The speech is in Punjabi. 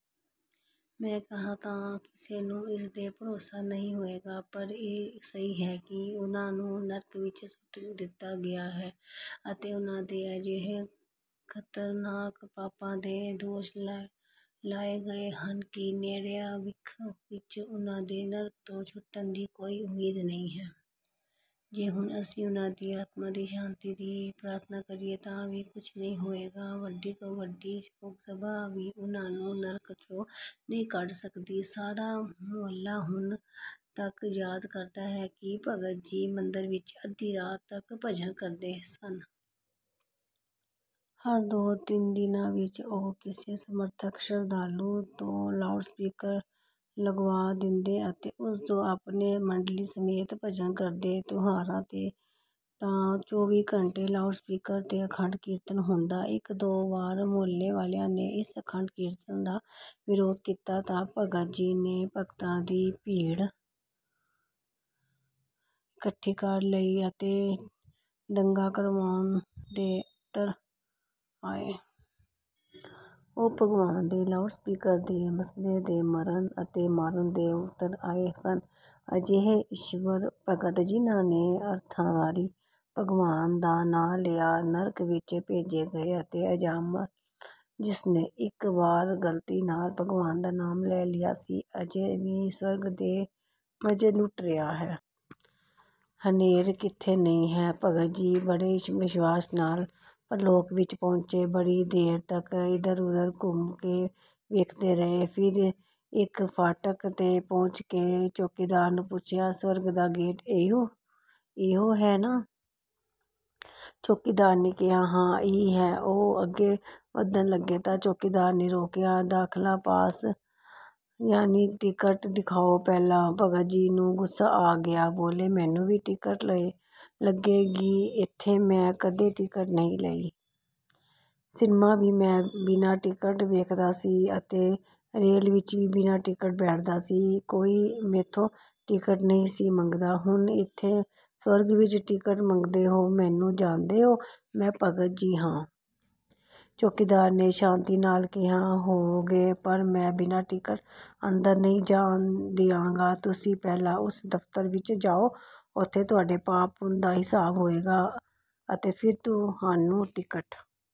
ਮੈਂ ਕਹਾਂ ਤਾਂ ਕਿਸੇ ਨੂੰ ਇਸ 'ਤੇ ਭਰੋਸਾ ਨਹੀਂ ਹੋਵੇਗਾ, ਪਰ ਇਹ ਸਹੀ ਹੈ ਕਿ ਉਨ੍ਹਾਂ ਨੂੰ ਨਰਕ ਵਿੱਚ ਸੁੱਟ ਦਿੱਤਾ ਗਿਆ ਹੈ ਅਤੇ ਉਨ੍ਹਾਂ 'ਤੇ ਅਜਿਹੇ ਖ਼ਤਰਨਾਕ ਪਾਪਾਂ ਦੇ ਦੋਸ਼ ਲਾਏ ਗਏ ਹਨ ਕਿ ਨੇੜੇਆ ਭਵਿੱਖ ਵਿੱਚ ਉਨ੍ਹਾਂ ਦੇ ਨਰਕ ਤੋਂ ਛੁੱਟਣ ਦੀ ਕੋਈ ਉਮੀਦ ਨਹੀਂ ਹੈ। ਜੇ ਹੁਣ ਅਸੀਂ ਉਨ੍ਹਾਂ ਦੀ ਆਤਮਾ ਦੀ ਸ਼ਾਂਤੀ ਦੀ ਪ੍ਰਾਰਥਨਾ ਕਰੀਏ ਤਾਂ ਵੀ ਕੁਝ ਨਹੀਂ ਹੋਵੇਗਾ। ਵੱਡੀ ਤੋਂ ਵੱਡੀ ਸ਼ੋਕ-ਸਭਾ ਵੀ ਉਨ੍ਹਾਂ ਨੂੰ ਨਰਕ 'ਚੋਂ ਨਹੀਂ ਕੱਢ ਸਕਦੀ। ਸਾਰਾ ਮੁਹੱਲਾ ਹੁਣ ਤੱਕ ਯਾਦ ਕਰਦਾ ਹੈ ਕਿ ਭਗਤ ਜੀ ਮੰਦਿਰ ਵਿੱਚ ਅੱਧੀ ਰਾਤ ਤੱਕ ਭਜਨ ਕਰਦੇ ਸਨ। ਹਰ ਦੋ-ਤਿੰਨ ਦਿਨਾਂ ਵਿੱਚ ਉਹ ਕਿਸੇ ਸਮਰੱਥ ਸ਼ਰਧਾਲੂ ਤੋਂ ਲਾਊਡ ਸਪੀਕਰ ਲਗਵਾ ਦਿੰਦੇ ਅਤੇ ਉਸ 'ਤੇ ਆਪਣੀ ਮੰਡਲੀ ਸਮੇਤ ਭਜਨ ਕਰਦੇ। ਤਿਉਹਾਰਾਂ 'ਤੇ ਤਾਂ ਚੌਵੀ ਘੰਟੇ ਲਾਊਡ ਸਪੀਕਰ 'ਤੇ ਅਖੰਡ ਕੀਰਤਨ ਹੁੰਦਾ। ਇੱਕ-ਦੋ ਵਾਰ ਮੁਹੱਲੇ ਵਾਲਿਆਂ ਨੇ ਇਸ ਅਖੰਡ ਕੀਰਤਨ ਦਾ ਵਿਰੋਧ ਕੀਤਾ ਤਾਂ ਭਗਤ ਜੀ ਨੇ ਭਗਤਾਂ ਦੀ ਭੀੜ ਇਕੱਠੀ ਕਰ ਲਈ ਅਤੇ ਦੰਗਾ ਕਰਵਾਉਣ 'ਤੇ ਉਤਰ ਆਏ। ਉਹ ਭਗਵਾਨ ਦੇ ਲਾਊਡ ਸਪੀਕਰ ਦੇ ਮਸਲੇ 'ਤੇ ਮਰਨ ਅਤੇ ਮਾਰਨ 'ਤੇ ਉਤਰ ਆਏ ਸਨ। ਅਜਿਹੇ ਈਸ਼ਵਰ ਭਗਤ, ਜਿਨ੍ਹਾਂ ਨੇ ਅਰਬਾਂ ਵਾਰੀ ਭਗਵਾਨ ਦਾ ਨਾਂ ਲਿਆ, ਨਰਕ ਵਿੱਚ ਭੇਜੇ ਗਏ ਅਤੇ ਅਜਾਮਲ, ਜਿਸ ਨੇ ਇੱਕ ਵਾਰ ਗ਼ਲਤੀ ਨਾਲ ਭਗਵਾਨ ਦਾ ਨਾਮ ਲੈ ਲਿਆ ਸੀ, ਅਜੇ ਵੀ ਸਵਰਗ ਦੇ ਮਜ਼ੇ ਲੁੱਟ ਰਿਹਾ ਹੈ। ਹਨੇਰ ਕਿੱਥੇ ਨਹੀਂ ਹੈ! ਭਗਤ ਜੀ ਬੜੇ ਵਿਸ਼ਵਾਸ ਨਾਲ ਪ੍ਰਲੋਕ ਵਿੱਚ ਪਹੁੰਚੇ। ਬੜੀ ਦੇਰ ਤੱਕ ਇਧਰ-ਉਧਰ ਘੁੰਮ ਕੇ ਵੇਖਦੇ ਰਹੇ। ਫਿਰ ਇੱਕ ਫਾਟਕ 'ਤੇ ਪਹੁੰਚ ਕੇ ਚੌਕੀਦਾਰ ਨੂੰ ਪੁੱਛਿਆ, "ਸਵਰਗ ਦਾ ਗੇਟ ਇਹੋ ਹੈ ਨਾ?" ਚੌਕੀਦਾਰ ਨੇ ਕਿਹਾ, "ਹਾਂ, ਇਹੀ ਹੈ।" ਉਹ ਅੱਗੇ ਵਧਣ ਲੱਗੇ ਤਾਂ ਚੌਕੀਦਾਰ ਨੇ ਰੋਕਿਆ, "ਦਾਖਲਾ ਪਾਸ, ਯਾਨੀ ਟਿਕਟ ਦਿਖਾਓ ਪਹਿਲਾਂ!" ਭਗਤ ਜੀ ਨੂੰ ਗੁੱਸਾ ਆ ਗਿਆ। ਬੋਲੇ, "ਮੈਨੂੰ ਵੀ ਟਿਕਟ ਲੱਗੇਗੀ ਇੱਥੇ? ਮੈਂ ਕਦੇ ਟਿਕਟ ਨਹੀਂ ਲਈ। ਸਿਨਮਾ ਵੀ ਮੈਂ ਬਿਨਾਂ ਟਿਕਟ ਵੇਖਦਾ ਸੀ ਅਤੇ ਰੇਲ ਵਿੱਚ ਵੀ ਬਿਨਾਂ ਟਿਕਟ ਬੈਠਦਾ ਸਾਂ। ਕੋਈ ਮੈਥੋਂ ਟਿਕਟ ਨਹੀਂ ਸੀ ਮੰਗਦਾ। ਹੁਣ ਇੱਥੇ ਸਵਰਗ ਵਿੱਚ ਟਿਕਟ ਮੰਗਦੇ ਹੋ? ਮੈਨੂੰ ਜਾਣਦੇ ਹੋ? ਮੈਂ ਭਗਤ ਜੀ ਹਾਂ।" ਚੌਕੀਦਾਰ ਨੇ ਸ਼ਾਂਤੀ ਨਾਲ ਕਿਹਾ, "ਹੋਵੋਗੇ। ਪਰ ਮੈਂ ਬਿਨਾਂ ਟਿਕਟ ਅੰਦਰ ਨਹੀਂ ਜਾਣ ਦਿਆਂਗਾ। ਤੁਸੀਂ ਪਹਿਲਾਂ ਉਸ ਦਫ਼ਤਰ ਵਿੱਚ ਜਾਓ। ਉੱਥੇ ਤੁਹਾਡੇ ਪਾਪ-ਪੁੰਨ ਦਾ ਹਿਸਾਬ ਹੋਵੇਗਾ ਅਤੇ ਫਿਰ ਤੁਹਾਨੂੰ ਟਿਕਟ